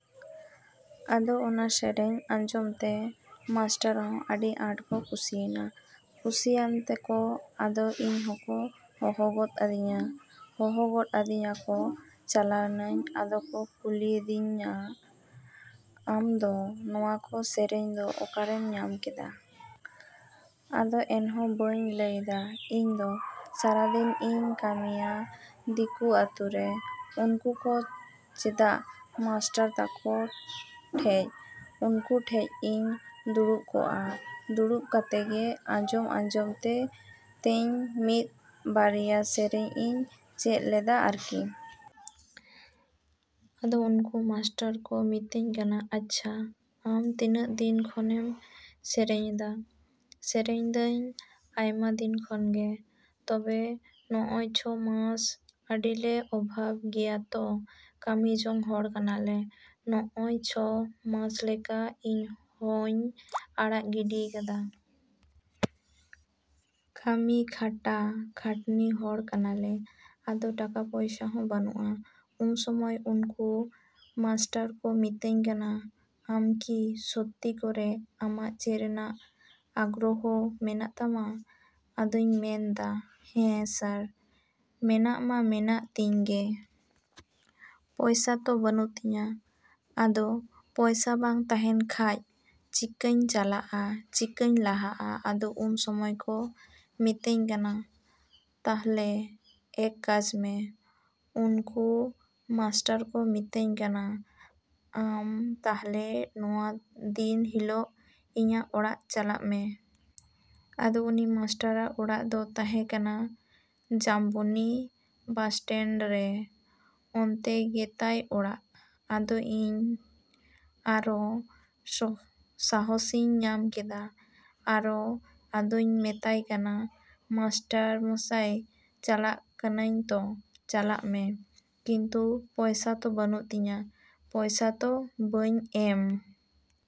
ᱟᱫᱚ ᱚᱱᱟ ᱥᱮᱨᱮᱧ ᱟᱸᱡᱚᱢᱛᱮ ᱢᱟᱥᱴᱟᱨᱦᱚᱸ ᱟᱹᱰᱤ ᱟᱸᱴ ᱠᱚ ᱠᱩᱥᱤᱭᱮᱱᱟ᱾ ᱠᱩᱥᱤᱭᱟᱱ ᱛᱮᱠᱚ ᱟᱫᱚ ᱤᱧ ᱦᱚᱸᱠᱚ ᱦᱚᱦᱚ ᱜᱚᱫ ᱟᱹᱫᱤᱧᱟ᱾ ᱦᱚᱦᱚ ᱜᱚᱫ ᱟᱹᱫᱤᱧ ᱟᱠᱚ, ᱪᱟᱞᱟᱣᱱᱟᱧ᱾ ᱟᱫᱚ ᱠᱚ ᱠᱩᱞᱤᱭᱮᱫᱤᱧᱟ, “ᱟᱢ ᱫᱚ ᱱᱚᱣᱟ ᱠᱚ ᱥᱮᱨᱮᱧ ᱫᱚ ᱚᱠᱟᱨᱮᱢ ᱧᱟᱢ ᱠᱮᱫᱟ”? ᱟᱫᱚ ᱮᱱᱦᱚᱸ ᱵᱟᱹᱧ ᱞᱟᱹᱭᱫᱟ᱾ “ᱤᱧᱫᱚ ᱥᱟᱨᱟᱫᱤᱱ ᱤᱧ ᱠᱟᱹᱢᱤᱭᱟ ᱫᱤᱠᱩ ᱟᱹᱛᱩᱨᱮ᱾ ᱩᱱᱠᱩ ᱠᱚ ᱪᱮᱫᱟᱜ ᱢᱟᱥᱴᱟᱨ ᱛᱟᱠᱚ ᱴᱷᱮᱡ, ᱩᱱᱠᱩ ᱴᱷᱮᱡ ᱤᱧ ᱫᱩᱲᱩᱵᱽ ᱠᱚᱜᱼᱟ᱾ ᱫᱩᱲᱩᱵ ᱠᱟᱛᱮᱜ ᱜᱮ ᱟᱸᱡᱚᱢ ᱟᱸᱡᱚᱢ ᱛᱤᱧ ᱢᱤᱫ ᱵᱟᱨᱭᱟ ᱥᱮᱨᱮᱧ ᱤᱧ ᱪᱮᱫ ᱞᱮᱫᱟ ᱟᱨᱠᱤ”᱾ ᱟᱫᱚ ᱩᱱᱠᱩ ᱢᱟᱥᱴᱟᱨ ᱠᱚ ᱢᱤᱛᱟᱹᱧ ᱠᱟᱱᱟ, “ᱟᱪᱪᱷᱟ, ᱟᱢ ᱛᱤᱱᱟᱹᱜ ᱫᱤᱱ ᱠᱷᱚᱱᱮᱢ ᱥᱮᱨᱮᱧᱮᱫᱟ”? “ᱥᱮᱨᱮᱧ ᱫᱟᱹᱧ ᱟᱭᱢᱟ ᱫᱤᱱ ᱠᱷᱚᱱᱜᱮ᱾ ᱛᱚᱵᱮ ᱱᱚᱜ-ᱚᱭ ᱪᱷᱚ ᱢᱟᱥ ᱟᱹᱰᱤᱞᱮ ᱚᱵᱷᱟᱵ ᱜᱮᱭᱟ ᱛᱚ, ᱠᱟᱹᱢᱤ ᱡᱚᱝ ᱦᱚᱲ ᱠᱟᱱᱟᱞᱮ᱾ ᱱᱚᱜ ᱚᱭ ᱪᱷᱚ ᱢᱟᱥ ᱞᱮᱠᱟᱧ ᱤᱧ ᱦᱚᱧ ᱟᱲᱟᱜ ᱜᱤᱰᱤᱭ ᱠᱟᱫᱟ᱾ ᱠᱟᱹᱢᱤ ᱠᱷᱟᱴᱟ ᱠᱷᱟᱴᱱᱤ ᱦᱚᱲ ᱠᱟᱱᱟᱞᱮ᱾ ᱟᱫᱚ ᱴᱟᱠᱟ ᱯᱚᱭᱥᱟ ᱦᱚᱸ ᱵᱟᱹᱱᱩᱜ-ᱟ”᱾ ᱩᱱ ᱥᱚᱢᱚᱭ ᱩᱱᱠᱩ ᱢᱟᱥᱴᱟᱨ ᱠᱚ ᱢᱤᱛᱟᱹᱧ ᱠᱟᱱᱟ, “ᱟᱢᱠᱤ ᱥᱚᱛᱛᱤ ᱠᱚᱨᱮ ᱟᱢᱟᱜ ᱪᱮᱫ ᱨᱮᱭᱟᱜ ᱟᱜᱽᱨᱚᱦᱚᱸ ᱢᱮᱱᱟᱜ ᱛᱟᱢᱟ”? ᱟᱫᱚᱧ ᱢᱮᱱᱫᱟ, “ᱦᱮᱸ ᱥᱟᱨ, ᱢᱮᱱᱟᱜ ᱢᱟ ᱢᱮᱱᱟᱜ ᱛᱤᱧ ᱜᱮ᱾ ᱯᱚᱭᱥᱟ ᱛᱚ ᱵᱟᱹᱱᱩᱜ ᱛᱤᱧᱟ”᱾ ᱟᱫᱚ, “ᱯᱚᱭᱥᱟ ᱵᱟᱝ ᱛᱟᱸᱦᱮᱱ ᱠᱷᱟᱡ ᱪᱤᱠᱟᱧ ᱪᱟᱞᱟᱜ-ᱟ? ᱪᱤᱠᱟᱹᱧ ᱞᱟᱦᱟᱜ-ᱟ”? ᱟᱫᱚ ᱩᱱ ᱥᱚᱢᱚᱭ ᱠᱚ ᱢᱤᱛᱟᱹᱧ ᱠᱟᱱᱟ, “ᱛᱟᱦᱞᱮ ᱮᱠ ᱠᱟᱡᱢᱮ”, ᱩᱱᱠᱩ ᱢᱟᱥᱴᱟᱨ ᱠᱚ ᱢᱮᱛᱟᱹᱧ ᱠᱟᱱᱟ, “ᱟᱢ ᱛᱟᱦᱞᱮ ᱱᱚᱣᱟ ᱫᱤᱱ ᱦᱤᱞᱳᱜ ᱤᱧᱟᱹᱜ ᱚᱲᱟᱜ ᱪᱟᱞᱟᱜ ᱢᱮ”᱾ ᱟᱫᱚ ᱩᱱᱤ ᱢᱟᱥᱴᱟᱨ ᱟᱜ ᱚᱲᱟᱜ ᱫᱚ ᱛᱟᱸᱦᱮ ᱠᱟᱱᱟ ᱡᱟᱢᱵᱚᱱᱤ ᱵᱟᱥᱴᱮᱱᱰᱨᱮ᱾ ᱚᱱᱛᱮ ᱜᱮᱛᱟᱭ ᱚᱲᱟᱜ᱾ ᱟᱫᱚ ᱤᱧᱦᱸ ᱟᱨᱚ ᱥᱟᱦᱚᱥᱤᱧ ᱧᱟᱢ ᱠᱮᱫᱟ᱾ ᱟᱨᱚ ᱟᱫᱚᱧ ᱢᱮᱛᱟᱭ ᱠᱟᱱᱟ, ᱢᱟᱥᱴᱟᱨ ᱢᱚᱥᱟᱭ, ᱪᱟᱞᱟᱜ ᱠᱟᱱᱟᱧ ᱛᱚ? “ᱪᱟᱞᱟᱜ ᱢᱮ᱾ ᱠᱤᱱᱛᱩ ᱯᱚᱭᱥᱟ ᱛᱚ ᱵᱟᱹᱱᱩᱜ ᱛᱤᱧᱟᱹ᱾ ᱯᱚᱭᱥᱟ ᱫᱚ ᱵᱟᱹᱧ ᱮᱢ”